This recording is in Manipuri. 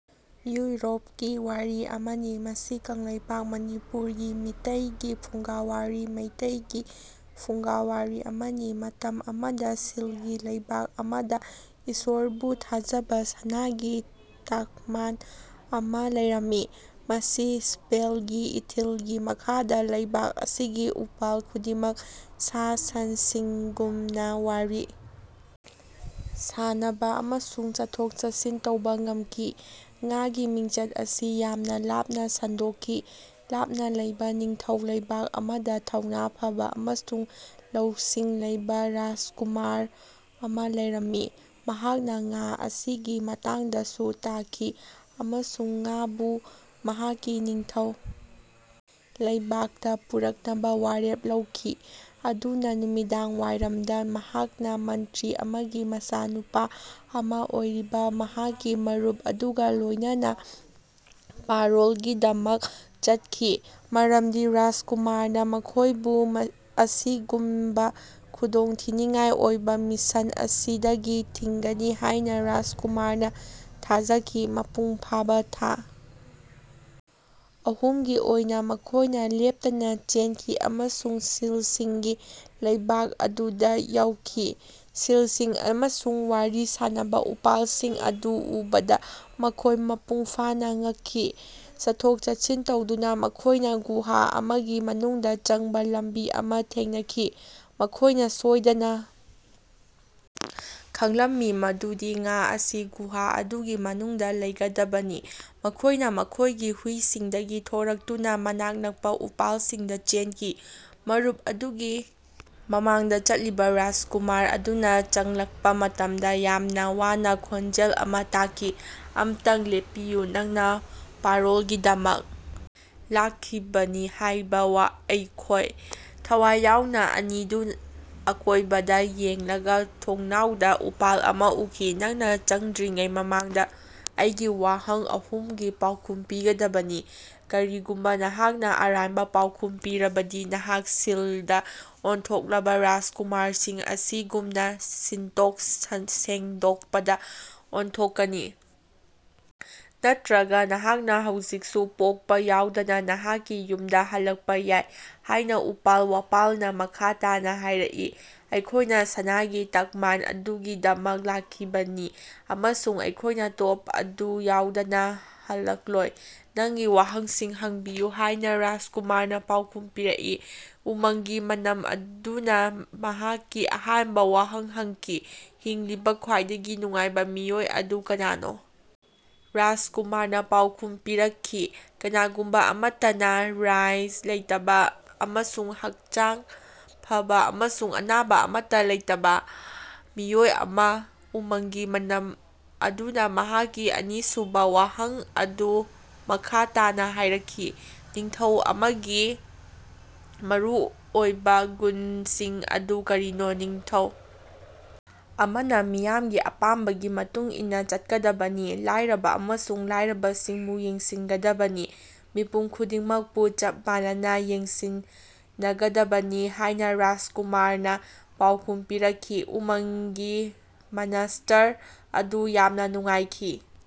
ꯏꯎꯔꯣꯞꯀꯤ ꯋꯥꯔꯤ ꯑꯃꯅꯤ꯫ ꯃꯁꯤ ꯀꯪꯂꯩꯄꯥꯛ (ꯃꯅꯤꯄꯨꯔ) ꯒꯤ ꯃꯤꯇꯩꯒꯤ ꯐꯨꯡꯒꯥꯋꯥꯔꯤ (ꯃꯩꯇꯩꯒꯤ ꯐꯨꯡꯒꯥꯋꯥꯔꯤ) ꯑꯃꯅꯤ꯫ ꯃꯇꯝ ꯑꯃꯗ ꯁꯤꯜꯒꯤ ꯂꯩꯕꯥꯛ ꯑꯃꯗ ꯏꯁꯣꯔꯕꯨ ꯊꯥꯖꯕ ꯁꯅꯥꯒꯤ ꯇꯛꯃꯥꯟ ꯑꯃ ꯂꯩꯔꯝꯃꯤ꯫ ꯃꯁꯤ ꯁ꯭ꯄꯦꯜꯒꯤ ꯏꯊꯤꯜꯒꯤ ꯃꯈꯥꯗ ꯂꯩꯕꯥꯛ ꯑꯁꯤꯒꯤ ꯎꯄꯥꯜ ꯈꯨꯗꯤꯡꯃꯛ ꯁꯥ-ꯁꯟꯁꯤꯡꯒꯨꯝꯅ ꯋꯥꯔꯤ ꯁꯥꯅꯕ ꯑꯃꯁꯨꯡ ꯆꯠꯊꯣꯛ-ꯆꯠꯁꯤꯟ ꯇꯧꯕꯥ ꯉꯝꯈꯤ꯫ ꯉꯥꯒꯤ ꯃꯤꯡꯆꯠ ꯑꯁꯤ ꯌꯥꯝꯅꯥ ꯂꯥꯞꯅ ꯁꯟꯗꯣꯛꯈꯤ꯫ ꯂꯥꯞꯅ ꯂꯩꯕ ꯅꯤꯡꯊꯧ ꯂꯩꯕꯥꯛ ꯑꯃꯗ ꯊꯧꯅ ꯐꯕ ꯑꯃꯁꯨꯡ ꯂꯧꯁꯤꯡ ꯂꯩꯕ ꯔꯥꯖꯀꯨꯃꯥꯔ ꯑꯃ ꯂꯩꯔꯝꯃꯤ꯫ ꯃꯍꯥꯛꯅ ꯉꯥ ꯑꯁꯤꯒꯤ ꯃꯇꯥꯡꯗꯁꯨ ꯇꯥꯈꯤ ꯑꯃꯁꯨꯡ ꯉꯥꯕꯨ ꯃꯍꯥꯛꯀꯤ ꯅꯤꯡꯊꯧ ꯂꯩꯕꯥꯛꯇ ꯄꯨꯔꯛꯅꯕ ꯋꯥꯔꯦꯞ ꯂꯧꯈꯤ꯫ ꯑꯗꯨꯅ ꯅꯨꯃꯤꯗꯥꯡꯋꯥꯏꯔꯝꯗ ꯃꯍꯥꯛꯅ ꯃꯟꯇ꯭ꯔꯤ ꯑꯃꯒꯤ ꯃꯆꯥꯅꯨꯄꯥ ꯑꯃ ꯑꯣꯏꯔꯤꯕ ꯃꯍꯥꯛꯀꯤ ꯃꯔꯨꯞ ꯑꯗꯨꯒ ꯂꯣꯏꯅꯅ ꯄꯥꯔꯣꯜꯒꯤꯗꯃꯛ ꯆꯠꯈꯤ, ꯃꯔꯝꯗꯤ ꯔꯥꯖꯀꯨꯃꯥꯔꯅ ꯃꯈꯣꯏꯕꯨ ꯑꯁꯤꯒꯨꯝꯕ ꯈꯨꯗꯣꯡꯊꯤꯅꯤꯡꯉꯥꯏ ꯑꯣꯏꯕ ꯃꯤꯁꯟ ꯑꯁꯤꯗꯒꯤ ꯊꯤꯡꯒꯅꯤ ꯍꯥꯏꯅ ꯔꯥꯖꯀꯨꯃꯥꯔꯅ ꯊꯥꯖꯈꯤ꯫ ꯃꯄꯨꯡ ꯐꯥꯕ ꯊꯥ ꯑꯍꯨꯝꯒꯤ ꯑꯣꯏꯅ ꯃꯈꯣꯏꯅ ꯂꯦꯞꯇꯅ ꯆꯦꯟꯈꯤ ꯑꯃꯁꯨꯡ ꯁꯤꯜꯁꯤꯡꯒꯤ ꯂꯩꯕꯥꯛ ꯑꯗꯨꯗ ꯌꯧꯈꯤ꯫ ꯁꯤꯜꯁꯤꯡ ꯑꯃꯁꯨꯡ ꯋꯥꯔꯤ ꯁꯥꯅꯕ ꯎꯄꯥꯜꯁꯤꯡ ꯑꯗꯨ ꯎꯕꯗ ꯃꯈꯣꯏ ꯃꯄꯨꯡ ꯐꯥꯅ ꯉꯛꯈꯤ꯫ ꯆꯠꯊꯣꯛ-ꯆꯠꯁꯤꯟ ꯇꯧꯗꯨꯅ ꯃꯈꯣꯏꯅ ꯒꯨꯍꯥ ꯑꯃꯒꯤ ꯃꯅꯨꯡꯗ ꯆꯪꯕꯥ ꯂꯝꯕꯤ ꯑꯃ ꯊꯦꯡꯅꯈꯤ꯫ ꯃꯈꯣꯏꯅ ꯁꯣꯏꯗꯅ ꯈꯪꯂꯝꯃꯤ ꯃꯗꯨꯗꯤ ꯉꯥ ꯑꯁꯤ ꯒꯨꯍꯥ ꯑꯗꯨꯒꯤ ꯃꯅꯨꯡꯗꯥ ꯂꯩꯒꯗꯕꯅꯤ꯫ ꯃꯈꯣꯏꯅ ꯃꯈꯣꯏꯒꯤ ꯍꯨꯏꯁꯤꯡꯗꯒꯤ ꯊꯣꯔꯛꯇꯨꯅ ꯃꯅꯥꯛ ꯅꯛꯄꯥ ꯎꯄꯥꯜꯁꯤꯡꯗ ꯆꯦꯟꯈꯤ꯫ ꯃꯔꯨꯞ ꯑꯗꯨꯒꯤ ꯃꯃꯥꯡꯗ ꯆꯠꯂꯤꯕ ꯔꯥꯖꯀꯨꯃꯥꯔ ꯑꯗꯨꯅ ꯆꯪꯂꯛꯄ ꯃꯇꯝꯗ ꯌꯥꯝꯅ ꯋꯥꯅ ꯈꯣꯟꯖꯦꯜ ꯑꯃ ꯇꯥꯈꯤ꯫ ꯑꯝꯇ ꯂꯦꯄꯤꯌꯨ, ꯅꯪꯅ ꯄꯥꯔꯣꯜꯒꯤꯗꯃꯛ ꯂꯥꯛꯈꯤꯕꯅꯤ ꯍꯥꯏꯕ ꯑꯩ ꯈ‌ꯣꯏ꯫ ꯊꯋꯥꯏ ꯌꯥꯎꯅ ꯑꯅꯤꯗꯨ ꯑꯀꯣꯏꯕꯗ ꯌꯦꯡꯂꯒꯥ ꯊꯣꯡꯅꯥꯎꯗ ꯎꯄꯥꯜ ꯑꯃ ꯎꯈꯤ꯫ ꯅꯪꯅ ꯆꯪꯗ꯭ꯔꯤꯉꯩ ꯃꯃꯥꯡꯗ ꯑꯩꯒꯤ ꯋꯥꯍꯪ ꯑꯍꯨꯝꯒꯤ ꯄꯥꯎꯈꯨꯝ ꯄꯤꯒꯗꯕꯅꯤ꯫ ꯀꯔꯤꯒꯨꯝꯕ ꯅꯍꯥꯛꯅ ꯑꯔꯥꯟꯕ ꯄꯥꯎꯈꯨꯝ ꯄꯤꯔꯕꯗꯤ ꯅꯍꯥꯛ ꯁꯤꯜꯗ ꯑꯣꯟꯊꯣꯛꯂꯕ ꯔꯥꯖꯀꯨꯃꯥꯔꯁꯤꯡ ꯑꯁꯤꯒꯨꯝꯅ ꯁꯤꯠꯇꯣꯛ-ꯁꯦꯡꯗꯣꯛꯄꯗ ꯑꯣꯟꯊꯣꯛꯀꯅꯤ, ꯅꯠꯇ꯭ꯔꯒ ꯅꯍꯥꯛꯅ ꯍꯧꯖꯤꯛꯁꯨ ꯄꯣꯛꯄ ꯌꯥꯎꯗꯅ ꯅꯍꯥꯛꯀꯤ ꯌꯨꯝꯗ ꯍꯜꯂꯛꯄ ꯌꯥꯏ, ꯍꯥꯏꯅ ꯎꯄꯥꯜ-ꯋꯥꯄꯥꯜꯅ ꯃꯈꯥ ꯇꯥꯅ ꯍꯥꯏꯔꯛꯏ꯫ ꯑꯩꯈꯣꯏꯅ ꯁꯅꯥꯒꯤ ꯇꯛꯃꯥꯟ ꯑꯗꯨꯒꯤꯗꯃꯛ ꯂꯥꯛꯈꯤꯕꯅꯤ ꯑꯃꯁꯨꯡ ꯑꯩꯈꯣꯏꯅ ꯇꯣꯞ ꯑꯗꯨ ꯌꯥꯎꯗꯅ ꯍꯜꯂꯛꯂꯣꯏ꯫ ꯅꯪꯒꯤ ꯋꯥꯍꯪꯁꯤꯡ ꯍꯪꯕꯤꯌꯨ ꯍꯥꯏꯅ ꯔꯥꯖꯀꯨꯃꯥꯔꯅ ꯄꯥꯎꯈꯨꯝ ꯄꯤꯔꯛꯏ꯫ ꯎꯃꯪꯒꯤ ꯃꯅꯝ ꯑꯗꯨꯅ ꯃꯍꯥꯛꯀꯤ ꯑꯍꯥꯟꯕ ꯋꯥꯍꯪ ꯍꯪꯈꯤ, ꯍꯤꯡꯂꯤꯕꯥ ꯈ꯭ꯋꯥꯏꯗꯒꯤ ꯅꯨꯡꯉꯥꯏꯕ ꯃꯤꯑꯣꯏ ꯑꯗꯨ ꯀꯅꯥꯅꯣ? ꯔꯥꯖꯀꯨꯃꯥꯔꯅ ꯄꯥꯎꯈꯨꯝ ꯄꯤꯔꯛꯈꯤ, ꯀꯅꯥꯒꯨꯝꯕ ꯑꯃꯇꯒꯤ ꯔ꯭ꯏꯟ ꯂꯩꯇꯕ ꯑꯃꯁꯨꯡ ꯍꯛꯆꯥꯡ ꯐꯕ ꯑꯃꯁꯨꯡ ꯑꯅꯥꯕ ꯑꯃꯇ ꯂꯩꯇꯕ ꯃꯤꯑꯣꯏ ꯑꯃ꯫ ꯎꯃꯪꯒꯤ ꯃꯅꯝ ꯑꯗꯨꯅ ꯃꯍꯥꯛꯀꯤ ꯑꯅꯤꯁꯨꯕꯥ ꯋꯥꯍꯪ ꯑꯗꯨ ꯃꯈꯥ ꯇꯥꯅꯥ ꯍꯥꯏꯔꯛꯈꯤ, ꯅꯤꯡꯊꯧ ꯑꯃꯒꯤ ꯃꯔꯨꯑꯣꯏꯕ ꯒꯨꯟꯁꯤꯡ ꯑꯗꯨ ꯀꯔꯤꯅꯣ? ꯅꯤꯡꯊꯧ ꯑꯃꯅ ꯃꯤꯌꯥꯝꯒꯤ ꯑꯄꯥꯝꯕꯒꯤ ꯃꯇꯨꯡ ꯏꯟꯅ ꯆꯠꯀꯗꯕꯅꯤ, ꯂꯥꯏꯔꯕ ꯑꯃꯁꯨꯡ ꯂꯥꯏꯔꯕꯁꯤꯡꯕꯨ ꯌꯦꯡꯁꯤꯟꯒꯗꯕꯅꯤ, ꯃꯤꯄꯨꯝ ꯈꯨꯗꯤꯡꯃꯛꯄꯨ ꯆꯞ ꯃꯥꯟꯅꯅ ꯌꯦꯡꯁꯤꯅꯒꯗꯕꯅꯤ ꯍꯥꯏꯅ ꯔꯥꯖꯀꯨꯃꯥꯔꯅ ꯄꯥꯎꯈꯨꯝ ꯄꯤꯔꯛꯈꯤ꯫ ꯎꯃꯪꯒꯤ ꯃꯅꯁ꯭ꯇꯔ ꯑꯗꯨ ꯌꯥꯝꯅ ꯅꯨꯡꯉꯥꯏꯈꯤ꯫